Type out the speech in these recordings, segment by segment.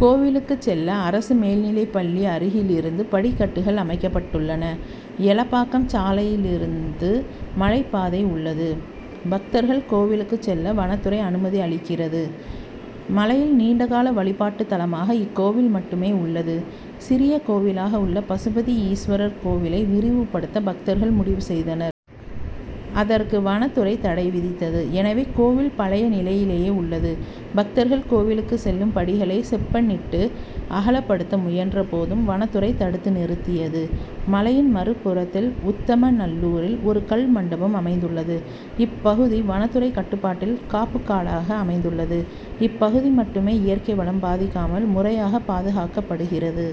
கோவிலுக்கு செல்ல அரசு மேல்நிலைப்பள்ளி அருகிலிருந்து படிக்கட்டுகள் அமைக்கப்பட்டுள்ளன. எலப்பாக்கம் சாலையிலிருந்து மலைப்பாதை உள்ளது. பக்தர்கள் கோவிலுக்கு செல்ல வனத்துறை அனுமதி அளிக்கிறது. மலையில் நீண்டகால வழிபாட்டு தலமாக இக்கோவில் மட்டுமே உள்ளது. சிறிய கோவிலாக உள்ள பசுபதி ஈஸ்வரர் கோவிலை விரிவுபடுத்த பக்தர்கள் முடிவு செய்தனர். அதற்கு வனத்துறை தடை விதித்தது. எனவே கோவில் பழைய நிலையிலேயே உள்ளது. பக்தர்கள் கோவிலுக்கு செல்லும் படிகளை செப்பனிட்டு அகலப்படுத்த முயன்ற போதும் வனத்துறை தடுத்து நிறுத்தியது. மலையின் மறுபுறத்தில் உத்தமநல்லூரில் ஒரு கல் மண்டபம் அமைந்துள்ளது. இப்பகுதி வனத்துறை கட்டுப்பாட்டில் காப்புக்காடாக அமைந்துள்ளது. இப்பகுதி மட்டுமே இயற்கை வளம் பாதிக்காமல் முறையாக பாதுகாக்கப்படுகிறது.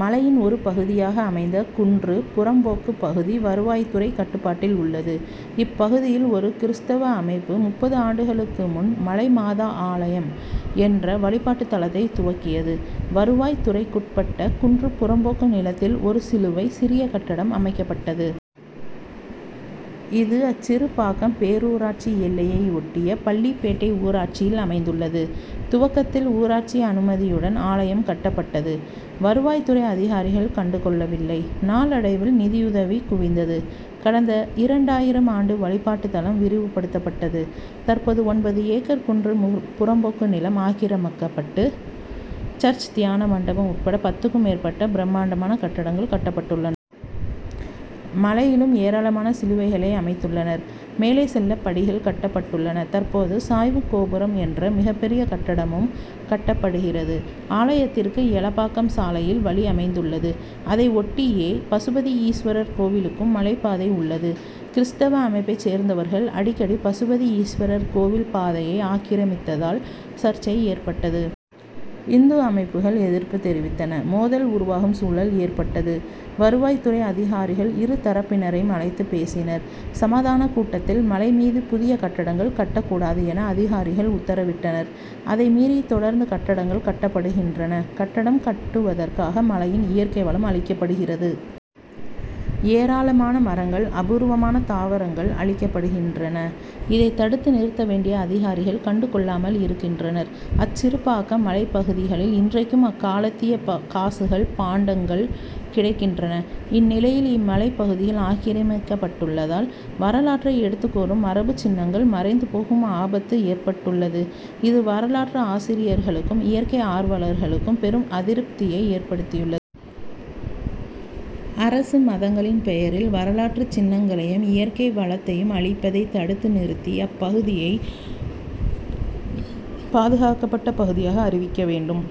மலையின் ஒரு பகுதியாக அமைந்த குன்று புறம்போக்கு பகுதி வருவாய்த்துறை கட்டுப்பாட்டில் உள்ளது. இப்பகுதியில் ஒரு கிறிஸ்தவ அமைப்பு முப்பது ஆண்டுகளுக்கு முன் மலைமாதா ஆலயம் என்ற வழிபாட்டு தலத்தை துவக்கியது. வருவாய் துறைக்குட்பட்ட குன்று புறம்போக்கு நிலத்தில் ஒரு சிலுவை, சிறிய கட்டடம் அமைக்கப்பட்டது. இது அச்சிறுப்பாக்கம் பேரூராட்சி எல்லையை ஒட்டிய பள்ளிப்பேட்டை ஊராட்சியில் அமைந்துள்ளது. துவக்கத்தில் ஊராட்சி அனுமதியுடன் ஆலயம் கட்டப்பட்டது. வருவாய்த் துறை அதிகாரிகள் கண்டுகொள்ளவில்லை. நாளடைவில் நிதியுதவி குவிந்தது. கடந்த இரண்டாயிரம் ஆண்டு வழிபாட்டுத்தலம் விரிவுபடுத்தப்பட்டது. தற்போது ஒன்பது ஏக்கர் குன்று புறம்போக்கு நிலம் ஆக்கிரமிக்கப்பட்டு சர்ச், தியான மண்டபம் உட்பட பத்துக்கும் மேற்பட்ட பிரமாண்டமான கட்டடங்கள் கட்டப்பட்டுள்ளன. மலையிலும் ஏராளமான சிலுவைகளை அமைத்துள்ளனர். மேலே செல்ல படிகள் கட்டப்பட்டுள்ளன. தற்போது சாய்வு கோபுரம் என்ற மிகப்பெரிய கட்டடமும் கட்டப்படுகிறது. ஆலயத்திற்கு எலப்பாக்கம் சாலையில் வழி அமைந்துள்ளது. அதை ஒட்டியே பசுபதி ஈஸ்வரர் கோவிலுக்கும் மலைப்பாதை உள்ளது. கிறிஸ்தவ அமைப்பை சேர்ந்தவர்கள் அடிக்கடி பசுபதி ஈஸ்வரர் கோவில் பாதையை ஆக்கிரமித்ததால் சர்ச்சை ஏற்பட்டது. இந்து அமைப்புகள் எதிர்ப்பு தெரிவித்தன. மோதல் உருவாகும் சூழல் ஏற்பட்டது. வருவாய் துறை அதிகாரிகள் இரு தரப்பினரையும் அழைத்து பேசினர். சமாதானக் கூட்டத்தில் மலை மீது புதிய கட்டடங்கள் கட்டக் கூடாது என அதிகாரிகள் உத்தரவிட்டனர். அதை மீறி தொடர்ந்து கட்டடங்கள் கட்டப்படுகின்றன. கட்டடம் கட்டுவதற்காக மலையின் இயற்கை வளம் அழிக்கப்படுகிறது. ஏராளமான மரங்கள், அபூர்வமான தாவரங்கள் அழிக்கப்படுகின்றன. இதை தடுத்து நிறுத்த வேண்டிய அதிகாரிகள் கண்டுகொள்ளாமல் இருக்கின்றனர். அச்சிறுப்பாக்கம் மலைப்பகுதிகளில் இன்றைக்கும் அக்காலத்திய காசுகள், பாண்டங்கள் கிடைக்கின்றன. இந்நிலையில், இம்மலைப்பகுதிகள் ஆக்கிரமிக்கப்பட்டுள்ளதால், வரலாற்றை எடுத்துக் கூறும் மரபுச் சின்னங்கள் மறைந்து போகும் ஆபத்து ஏற்பட்டுள்ளது. இது வரலாற்று ஆசிரியர்களுக்கும், இயற்கை ஆர்வலர்களுக்கும் பெரும் அதிருப்தியை ஏற்படுத்தியுள்ளது. அரசு மதங்களின் பெயரில், வரலாற்று சின்னங்களையும், இயற்கை வளத்தையும் அழிப்பதை தடுத்து நிறுத்தி அப்பகுதியை பாதுகாக்கப்பட்ட பகுதியாக அறிவிக்க வேண்டும்.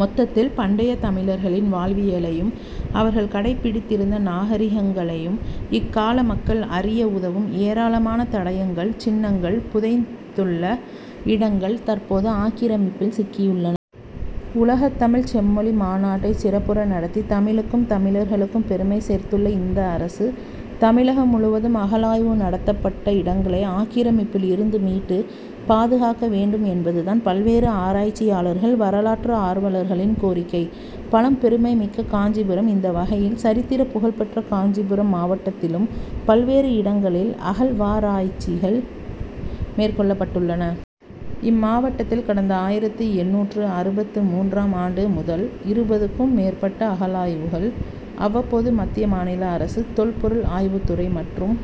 மொத்தத்தில், பண்டைய தமிழர்களின் வாழ்வியலையும், அவர்கள் கடைபிடித்திருந்த நாகரிகங்களையும், இக்கால மக்கள் அறிய உதவும் ஏராளமான தடயங்கள், சின்னங்கள் புதைந்துள்ள இடங்கள் தற்போது ஆக்கிரமிப்பில் சிக்கியுள்ளன. உலகத் தமிழ்ச் செம்மொழி மாநாட்டை சிறப்புற நடத்தி, தமிழுக்கும், தமிழர்களுக்கும் பெருமை சேர்த்துள்ள இந்த அரசு, தமிழகம் முழுவதும் அகழாய்வு நடத்தப்பட்ட இடங்களை ஆக்கிரமிப்பில் இருந்து மீட்டு, பாதுகாக்க வேண்டும் என்பது தான் பல்வேறு ஆராய்ச்சியாளர்கள், வரலாற்று ஆர்வலர்களின் கோரிக்கை. பழம் பெருமை மிக்க காஞ்சிபுரம் இந்த வகையில், சரித்திரப் புகழ் பெற்ற காஞ்சிபுரம் மாவட்டத்திலும் பல்வேறு இடங்களில் அகழ்வாராய்ச்சிகள் மேற்கொள்ளப்பட்டுள்ளன. இம்மாவட்டத்தில் கடந்த ஆயிரத்து எண்ணூற்று அறுபத்து மூன்றாம் ஆண்டு முதல் இருபதுக்கும் மேற்பட்ட அகழாய்வுகள் அவ்வப்போது மத்திய, மாநில அரசு தொல்பொருள் ஆய்வுத்துறை மற்றும்